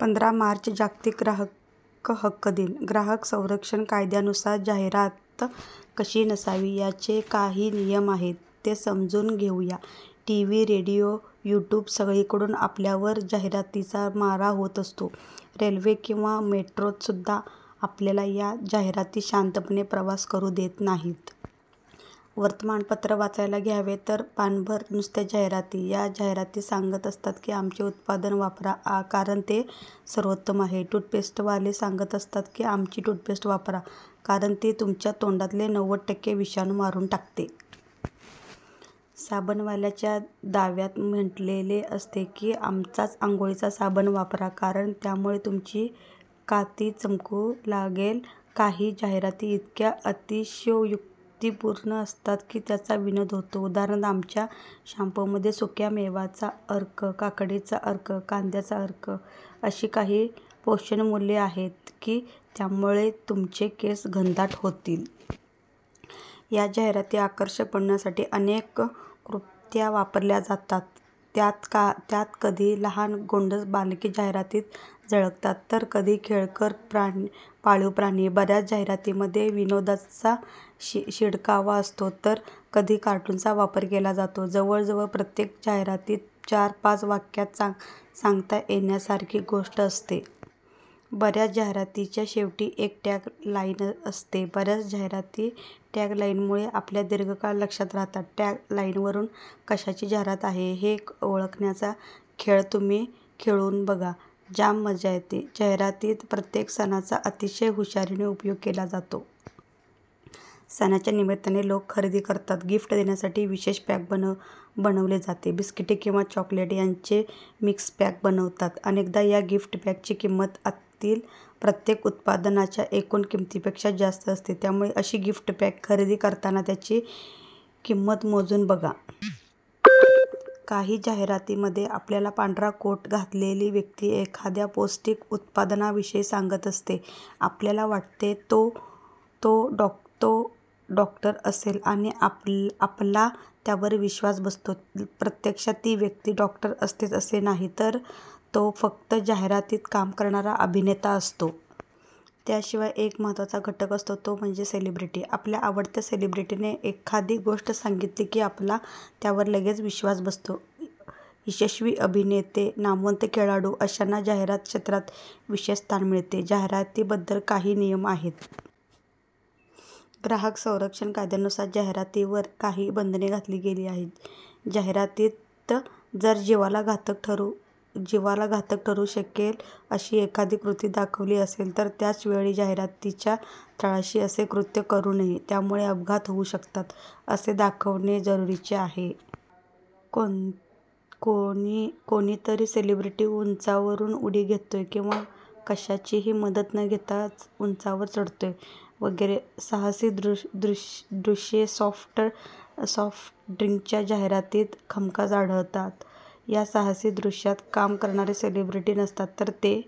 पंधरा मार्च, जागतिक ग्राहक हक्क दिन. ग्राहक संरक्षण कायद्यानुसार जाहिरात कशी नसावी, याचे काही नियम आहेत. ते समजून घेऊ या. टीव्ही, रेडियो, यूट्यूब सगळीकडून आपल्यावर जाहिरातींचा मारा होत असतो. रेल्वे किंवा मेट्रोतसुद्धा आपल्याला या जाहिराती शांतपणे प्रवास करू देत नाहीत. वर्तमानपत्र वाचायला घ्यावे, तर पानभर नुसत्या जाहिराती. या जाहिराती सांगत असतात की, आमचे उत्पादन वापरा, कारण ते सर्वोत्तम आहे. टूथपेस्टवाले सांगत असतात की, आमचीच टूथपेस्ट वापरा, कारण ती तुमच्या तोंडातले नव्वद टक्के विषाणू मारून टाकते. साबणवाल्यांच्या दाव्यात म्हटलेले असते की, आमचाच अंघोळीचा साबण वापरा, कारण त्यामुळे तुमची कांती चमकू लागेल. काही जाहिराती इतक्या अतिशयोक्तीपूर्ण असतात की, त्याचा विनोद होतो. उदा. आमच्या शाम्पूमध्ये सुक्या मेव्याचा अर्क, काकडीचा अर्क, कांद्याचा अर्क अशी काही पोषणमूल्ये आहेत की, त्यामुळे तुमचे केस घनदाट होतील. या जाहिराती आकर्षक बनवण्यासाठी अनेक क्लृप्त्या वापरल्या जातात. त्यात कधी लहान गोंडस बालके जाहिरातीत झळकतात, तर कधी खेळकर पाळीव प्राणी. बऱ्याच जाहिरातींमध्ये विनोदाचा शिडकावा असतो, तर कधी कार्टूनचा वापर केला जातो. जवळ जवळ प्रत्येक जाहिरातीत चार-पाच वाक्यांत सांगता येण्यासारखी गोष्ट असते. बऱ्याच जाहिरातींच्या शेवटी एक टॅग लाइनअसते. बऱ्याच जाहिराती टॅग लाइनमुळे आपल्या दीर्घकाळ लक्षात राहतात. टॅग लाइनवरून कशाची जाहिरात आहे हे ओळखण्याचा खेळ तुम्ही खेळून बघा, जाम मजा येते. जाहिरातीत प्रत्येक सणाचा अतिशय हुशारीने उपयोग केला जातो. सणांच्या निमित्ताने लोक खरेदी करतात. गिफ्ट देण्यासाठी विशेष पॅक बनवले जाते. बिस्किटे किंवा चॉकलेट यांचे मिक्स पॅक बनवतात. अनेकदा या गिफ्ट पॅकची किंमत आतील प्रत्येक उत्पादनाच्या एकूण किमतीपेक्षा जास्त असते. त्यामुळे अशी गिफ्ट पॅक खरेदी करताना त्याची किंमत मोजून बघा. काही जाहिरातींमध्ये आपल्याला पांढरा कोट घातलेली व्यक्ती एखाद्या पौष्टिक उत्पादनाविषयी सांगत असते. आपल्याला वाटते, तो डॉक्टर असेल आणि आपला त्यावर विश्वास बसतो. प्रत्यक्षात ती व्यक्ती डॉक्टर असतेच असे नाही, तर तो फक्त जाहिरातीत काम करणारा अभिनेता असतो. याशिवाय एक महत्त्वाचा घटक असतो, तो म्हणजे सेलिब्रिटी. आपल्या आवडत्या सेलिब्रिटीने एखादी गोष्ट सांगितली की, आपला त्यावर लगेच विश्वास बसतो. यशस्वी अभिनेते, नामवंत खेळाडू अशांना जाहिरात क्षेत्रांत विशेष स्थान मिळते. जाहिरातींबद्दल काही नियम आहेत. ग्राहक संरक्षण कायद्यानुसार जाहिरातींवर काही बंधने घातली गेली आहेत. जाहिरातीत जर जीवाला घातक ठरू शकेल अशी एखादी कृती दाखवली असेल तर त्याच वेळी जाहिरातीच्या तळाशी असे कृत्य करू नये. त्यामुळे अपघात होऊ शकतात, असे दाखवणे जरुरीचे आहे. कोणीतरी सेलिब्रिटी उंचावरून उडी घेतोय, किंवा कशाचीही मदत न घेता उंचावर चढतोय वगैरे साहसी दृश्ये सॉफ्ट ड्रिंकच्या जाहिरातीत हमखास आढळतात. त्या साहसी दृश्यात काम करणारे सेलिब्रिटी नसतात, तर ते